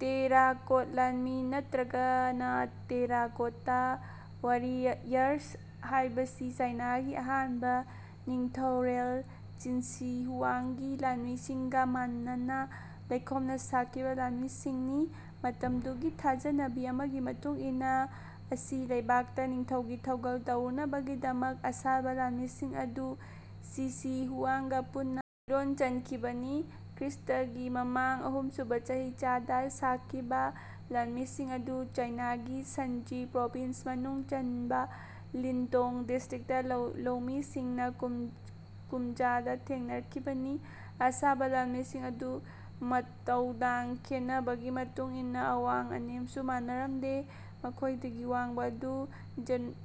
Terracotta ꯂꯥꯟꯃꯤ ꯅꯠꯇ꯭ꯔꯒꯅ ꯇꯦꯔꯥꯀꯣꯠꯇ ꯋꯥꯔꯤꯌꯔꯁ ꯍꯥꯏꯕꯁꯤ ꯆꯥꯏꯅꯥꯒꯤ ꯑꯍꯥꯟꯕ ꯅꯤꯡꯊꯧꯔꯦꯜ ꯆꯤꯟ ꯁꯤ ꯍꯨꯋꯥꯡꯒꯤ ꯂꯥꯟꯃꯤꯁꯤꯡꯒ ꯃꯥꯟꯅꯅ ꯂꯩꯈꯣꯝꯅ ꯁꯥꯈꯤꯕ ꯂꯥꯟꯃꯤꯁꯤꯡꯅꯤ꯫ ꯃꯇꯝꯗꯨꯒꯤ ꯊꯥꯖꯅꯕꯤ ꯑꯃꯒꯤ ꯃꯇꯨꯡꯏꯟꯅ ꯑꯁꯤ ꯂꯩꯕꯥꯛꯇ ꯅꯤꯡꯊꯧꯒꯤ ꯊꯧꯒꯜ ꯇꯧꯔꯨꯅꯕꯒꯤꯗꯃꯛ ꯑꯁꯥꯕ ꯂꯥꯟꯃꯤꯁꯤꯡ ꯑꯗꯨ ꯆꯤ ꯁꯤ ꯍꯨꯋꯥꯡꯒ ꯄꯨꯟꯅ ꯂꯩꯔꯣꯜ ꯆꯟꯈꯤꯕꯅꯤ꯫ ꯈ꯭ꯔꯤꯁꯇꯒꯤ ꯃꯃꯥꯡ ꯑꯍꯨꯝꯁꯨꯕ ꯆꯍꯤꯆꯥꯗ ꯁꯥꯈꯤꯕ ꯂꯥꯟꯃꯤꯁꯤꯡ ꯑꯗꯨ ꯆꯥꯏꯅꯥꯒꯤ ꯁꯟꯖꯤ ꯄ꯭ꯔꯣꯚꯤꯟꯁ ꯃꯅꯨꯡ ꯆꯟꯕ ꯂꯤꯟꯇꯣꯡ ꯗꯤꯁꯇ꯭ꯔꯤꯛꯇ ꯂꯧꯃꯤꯁꯤꯡꯅ ꯀꯨꯝꯖꯥ ꯗ ꯊꯦꯡꯅꯔꯛꯈꯤꯕꯅꯤ꯫ ꯑꯁꯥꯕ ꯂꯥꯟꯃꯤꯁꯤꯡ ꯑꯗꯨ ꯃꯇꯧꯗꯥꯡ ꯈꯦꯟꯅꯕꯒꯤ ꯃꯇꯨꯡꯏꯟꯅ ꯑꯋꯥꯡ ꯑꯅꯦꯝꯁꯨ ꯃꯥꯟꯅꯔꯝꯗꯦ꯫ ꯈ꯭ꯋꯥꯏꯗꯒꯤ ꯋꯥꯡꯕ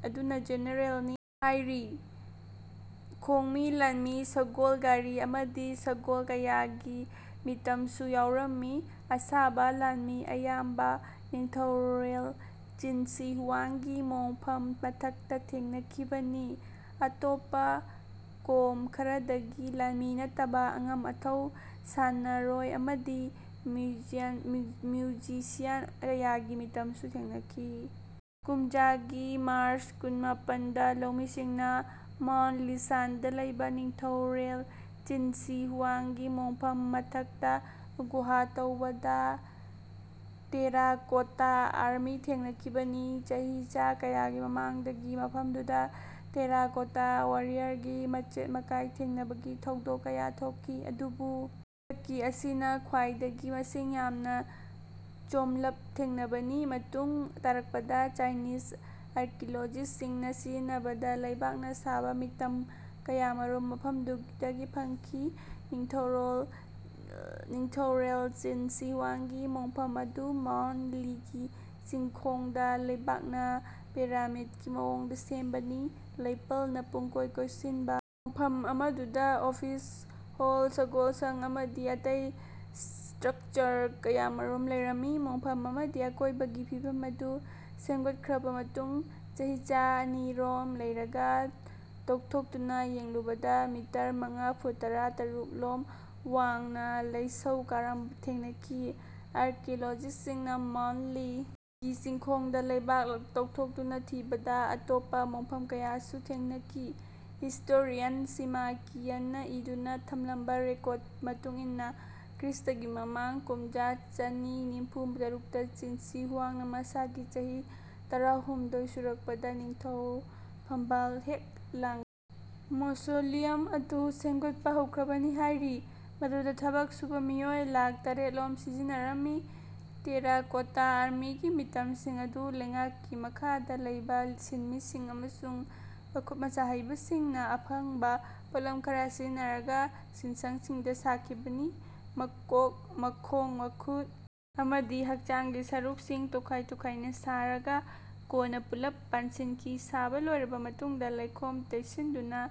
ꯑꯗꯨꯅ ꯖꯦꯅꯔꯦꯜꯅꯤ ꯍꯥꯏꯔꯤ꯫ ꯈꯣꯡꯃꯤ ꯂꯥꯟꯃꯤ ꯁꯒꯣꯜ ꯒꯥꯔꯤ ꯑꯃꯗꯤ ꯁꯒꯣꯜ ꯀꯌꯥꯒꯤ ꯃꯤꯇꯝꯁꯨ ꯌꯥꯎꯔꯝꯃꯤ꯫ ꯑꯁꯥꯕ ꯂꯥꯟꯃꯤ ꯑꯌꯥꯝꯕ ꯅꯤꯡꯊꯧꯔꯦꯜ ꯆꯤꯟ ꯁꯤ ꯍꯨꯋꯥꯡꯒꯤ ꯃꯣꯡꯐꯝ ꯃꯊꯛꯇ ꯊꯦꯡꯅꯈꯤꯕꯅꯤ꯫ ꯑꯇꯣꯞꯄ ꯀꯣꯝ ꯈꯔꯗꯒꯤ ꯂꯥꯟꯃꯤ ꯅꯠꯇꯕ ꯑꯉꯝ ꯑꯇꯧ ꯁꯥꯟꯅꯔꯣꯏ ꯑꯃꯗꯤ ꯃ꯭ꯌꯨꯖꯤꯁꯤꯌꯥꯟ ꯀꯌꯥꯒꯤ ꯃꯤꯇꯝꯁꯤꯡꯁꯨ ꯊꯦꯡꯅꯈꯤ꯫ ꯀꯨꯝꯖꯥ ꯒꯤ ꯃꯥꯔꯆ ꯀꯨꯟꯃꯥꯄꯟ ꯗ ꯂꯧꯃꯤꯁꯤꯡꯅ ꯃꯥꯎꯟꯠ ꯂꯤꯁꯥꯟꯗ ꯂꯩꯕ ꯅꯤꯡꯊꯧꯔꯦꯜ ꯆꯤꯟ ꯁꯤ ꯍꯨꯋꯥꯡꯒꯤ ꯃꯣꯡꯐꯝ ꯃꯊꯛꯇ ꯒꯨꯍꯥ ꯇꯧꯕꯗ ꯇꯦꯔꯥꯀꯣꯇꯥ ꯑꯥꯔꯃꯤ ꯊꯦꯡꯅꯈꯤꯕꯅꯤ꯫ ꯆꯍꯤꯆꯥ ꯀꯌꯥꯒꯤ ꯃꯃꯥꯡꯗꯒꯤ ꯃꯐꯝꯗꯨꯗ ꯇꯦꯔꯥꯀꯣꯇꯥ ꯋꯥꯔꯤꯌꯔꯒꯤ ꯃꯆꯦꯠ ꯃꯀꯥꯏ ꯊꯦꯡꯅꯕꯒꯤ ꯊꯧꯗꯣꯛ ꯀꯌꯥ ꯊꯣꯛꯈꯤ꯫ ꯑꯗꯨꯕꯨ ꯍꯟꯗꯛꯀꯤ ꯑꯁꯤꯅ ꯈ꯭ꯋꯥꯏꯗꯒꯤ ꯃꯁꯤꯡ ꯌꯥꯝꯅ ꯆꯣꯝꯂꯞ ꯊꯦꯡꯅꯕꯅꯤ꯫ ꯃꯇꯨꯡ ꯇꯥꯔꯛꯄꯗ ꯆꯥꯏꯅꯤꯖ ꯑꯥꯔꯀꯤꯑꯣꯂꯣꯖꯤꯁꯠꯁꯤꯡꯅ ꯊꯤꯖꯤꯟꯕꯗ ꯂꯩꯕꯥꯛꯅ ꯁꯥꯕ ꯃꯤꯇꯝ ꯀꯌꯥꯃꯔꯨꯝ ꯃꯐꯝꯗꯨꯗꯒꯤ ꯐꯪꯈꯤ꯫ ꯅꯤꯡꯊꯧꯔꯦꯜ ꯆꯤꯟ ꯁꯤ ꯍꯨꯋꯥꯡꯒꯤ ꯃꯣꯡꯐꯝ ꯑꯗꯨ ꯃꯥꯎꯟꯠ ꯂꯤꯒꯤ ꯆꯤꯡꯈꯣꯡꯗ ꯂꯩꯕꯥꯛꯅ ꯄꯤꯔꯥꯃꯤꯗꯀꯤ ꯃꯑꯣꯡꯗ ꯁꯦꯝꯕꯅꯤ꯫ꯂꯩꯄꯜꯅ ꯄꯨꯝꯀꯣꯏ ꯀꯣꯏꯁꯤꯟꯕ ꯃꯣꯡꯐꯝ ꯑꯃꯗꯨꯗ ꯑꯣꯐꯤꯁ ꯍꯣꯜ ꯁꯒꯣꯜꯁꯪ ꯑꯃꯗꯤ ꯑꯇꯩ ꯁ꯭ꯇ꯭ꯔꯛꯆꯔ ꯀꯌꯥꯃꯔꯨꯝ ꯂꯩꯔꯝꯃꯤ꯫ ꯃꯣꯡꯐꯝ ꯑꯃꯗꯤ ꯑꯀꯣꯏꯕꯒꯤ ꯐꯤꯚꯝ ꯑꯗꯨ ꯁꯦꯝꯒꯠꯈ꯭ꯔꯕ ꯃꯇꯨꯡ ꯆꯍꯤꯆꯥ ꯑꯅꯤꯔꯣꯝ ꯂꯩꯔꯒ ꯇꯧꯊꯣꯛꯇꯨꯅ ꯌꯦꯡꯂꯨꯕꯗ ꯃꯤꯇꯔ ꯃꯉꯥ ꯐꯨꯠ ꯇꯔꯥꯇꯔꯨꯛ ꯂꯣꯝ ꯋꯥꯡꯅ ꯂꯩꯁꯧ ꯀꯥꯔꯝꯕ ꯊꯦꯡꯅꯈꯤ꯫ꯑꯥꯔꯀꯤꯑꯣꯂꯣꯖꯤꯁꯠꯁꯤꯡꯅ ꯃꯥꯎꯟꯠ ꯂꯤ ꯒꯤ ꯆꯤꯡꯈꯣꯡꯗ ꯂꯩꯕꯥꯛ ꯇꯧꯊꯣꯛꯇꯨꯅ ꯊꯤꯕꯗ ꯑꯇꯣꯞꯄ ꯃꯣꯡꯐꯝ ꯀꯌꯥꯁꯨ ꯊꯦꯡꯅꯈꯤ꯫ ꯍꯤꯁꯇꯣꯔꯤꯌꯥꯟ ꯁꯤꯃꯥ ꯀꯤꯌꯟꯅ ꯏꯗꯨꯅ ꯊꯝꯂꯝꯕ ꯔꯦꯀꯣꯔꯗ ꯃꯇꯨꯡꯏꯟꯅ ꯈ꯭ꯔꯤꯁꯇꯒꯤ ꯃꯃꯥꯡ ꯀꯨꯝꯖꯥ ꯆꯅꯤ ꯅꯤꯝꯐꯨ ꯇꯔꯨꯛꯇ ꯆꯤꯟ ꯁꯤ ꯍꯨꯋꯥꯡꯅ ꯃꯁꯥꯒꯤ ꯆꯍꯤ ꯇꯔꯥꯍꯨꯝꯗꯣꯏ ꯁꯨꯔꯛꯄꯗ ꯅꯤꯡꯊꯧ ꯐꯝꯕꯥꯜ ꯍꯦꯛ ꯂꯥꯡꯕꯒ ꯃꯣꯁꯣꯂꯤꯌꯝ ꯑꯗꯨ ꯁꯦꯝꯒꯠꯄ ꯍꯧꯈ꯭ꯔꯕꯅꯤ ꯍꯥꯏꯔꯤ꯫ ꯃꯗꯨꯗ ꯊꯕꯛ ꯁꯨꯕ ꯃꯤꯑꯣꯏ ꯂꯥꯈ ꯇꯔꯦꯠꯂꯣꯝ ꯁꯤꯖꯤꯟꯅꯔꯝꯃꯤ꯫ ꯇꯦꯔꯥꯀꯣꯇꯥ ꯑꯥꯔꯃꯤꯒꯤ ꯃꯤꯇꯝꯁꯤꯡ ꯑꯗꯨ ꯂꯩꯉꯥꯀꯤ ꯃꯈꯥꯗ ꯂꯩꯕ ꯁꯤꯟꯃꯤꯁꯤꯡ ꯑꯃꯁꯨꯡ ꯃꯈꯨꯠ ꯃꯁꯥ ꯍꯩꯕꯁꯤꯡꯅ ꯑꯐꯪꯕ ꯄꯣꯠꯂꯝ ꯈꯔ ꯁꯤꯖꯤꯟꯅꯔꯒ ꯁꯤꯟꯁꯪꯁꯤꯡꯗ ꯁꯥꯈꯤꯕꯅꯤ꯫ ꯃꯀꯣꯛ ꯃꯈꯣꯡ ꯃꯈꯨꯠ ꯑꯃꯗꯤ ꯍꯛꯆꯥꯡꯒꯤ ꯁꯔꯨꯛꯁꯤꯡ ꯇꯣꯈꯥꯏ ꯇꯣꯈꯥꯏꯅ ꯁꯥꯔꯒ ꯀꯣꯟꯅ ꯄꯨꯜꯂꯞ ꯄꯥꯟꯁꯤꯟꯈꯤ꯫ ꯁꯥꯕ ꯂꯣꯏꯔꯕ ꯃꯇꯨꯡꯗ ꯂꯩꯈꯣꯝ ꯇꯩꯁꯤꯟꯗꯨꯅ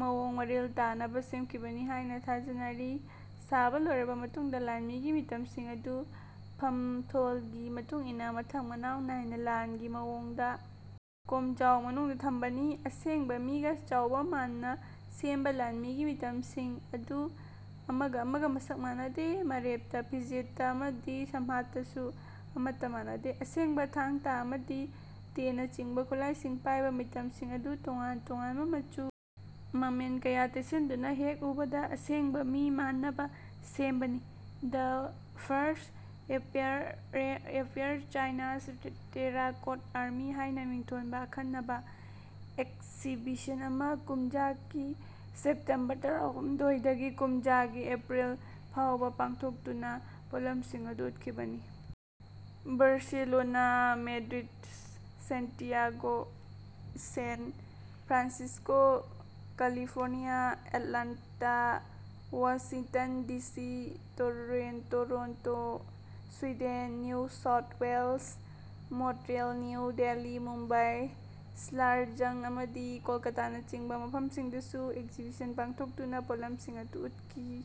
ꯃꯑꯣꯡ ꯃꯔꯤꯜ ꯇꯥꯅꯕ ꯁꯦꯝꯈꯤꯕꯅꯤ ꯍꯥꯏꯅ ꯊꯥꯖꯅꯔꯤ꯫ ꯁꯥꯕ ꯂꯣꯏꯔꯕ ꯃꯇꯨꯡꯗ ꯂꯥꯟꯃꯤꯒꯤ ꯃꯤꯇꯝꯁꯤꯡ ꯑꯗꯨ ꯐꯝꯊꯣꯜꯒꯤ ꯃꯇꯨꯡꯏꯟꯅ ꯃꯊꯪ ꯃꯅꯥꯎ ꯅꯥꯏꯅ ꯂꯥꯟꯒꯤ ꯃꯑꯣꯡꯗ ꯀꯣꯝꯖꯥꯎ ꯃꯅꯨꯡꯗ ꯊꯝꯕꯅꯤ꯫ ꯑꯁꯦꯡꯕ ꯃꯤꯒ ꯆꯥꯎꯕ ꯃꯥꯟꯅ ꯁꯦꯝꯕ ꯂꯟꯃꯤꯒꯤ ꯃꯤꯇꯝꯁꯤꯡ ꯑꯗꯨ ꯑꯃꯒ ꯑꯃꯒ ꯃꯁꯛ ꯃꯥꯟꯅꯗꯦ꯫ ꯃꯔꯦꯞꯇ ꯐꯤꯖꯦꯠꯇ ꯑꯃꯗꯤ ꯁꯝꯍꯥꯠꯇꯁꯨ ꯑꯃꯠꯇ ꯃꯥꯟꯅꯗꯦ꯫ ꯑꯁꯦꯡꯕ ꯊꯥꯡ ꯇꯥ ꯑꯃꯗꯤ ꯇꯦꯟꯅꯆꯤꯡꯕ ꯈꯨꯠꯂꯥꯏꯁꯤꯡ ꯄꯥꯏꯕ ꯃꯤꯇꯝꯁꯤꯡ ꯑꯗꯨ ꯇꯣꯉꯥꯟ ꯇꯣꯉꯥꯟꯕ ꯃꯆꯨ ꯃꯃꯦꯟ ꯀꯌꯥ ꯇꯩꯁꯤꯟꯗꯨꯅ ꯍꯦꯛ ꯎꯕꯗ ꯑꯁꯦꯡꯕ ꯃꯤ ꯃꯥꯟꯅꯕ ꯁꯦꯝꯕꯅꯤ꯫ The first emperor Chinese terracotta army ꯍꯥꯏꯅ ꯃꯤꯡꯊꯣꯟꯕ ꯑꯈꯟꯅꯕ ꯑꯦꯛꯁꯤꯕꯤꯁꯟ ꯑꯃ ꯀꯨꯝꯖꯥ ꯀꯤ ꯁꯦꯞꯇꯦꯝꯕ ꯇꯔꯥꯍꯨꯝꯗꯣꯏ ꯗꯒꯤ ꯀꯨꯝꯖꯥ ꯒꯤ ꯑꯦꯄ꯭ꯔꯤꯜ ꯐꯥꯎꯕ ꯄꯥꯡꯊꯣꯛꯇꯨꯅ ꯄꯣꯠꯂꯝꯁꯤꯡ ꯑꯗꯨ ꯎꯠꯈꯤꯕꯅꯤ꯫ Barcelona Madrid Santiago San Francisco California Atlanta Washington D C Toronto Sweden New South Wales Montreal New Delhi Mumbai Salar Jung ꯑꯃꯗꯤ ꯀꯣꯜꯀꯇꯥꯅꯆꯤꯡꯕ ꯃꯐꯝꯁꯤꯡꯗꯁꯨ ꯑꯦꯛꯁꯤꯕꯤꯁꯟ ꯄꯥꯡꯊꯣꯛꯇꯨꯅ ꯄꯣꯠꯂꯝꯁꯤꯡ ꯑꯗꯨ ꯎꯠꯈꯤ꯫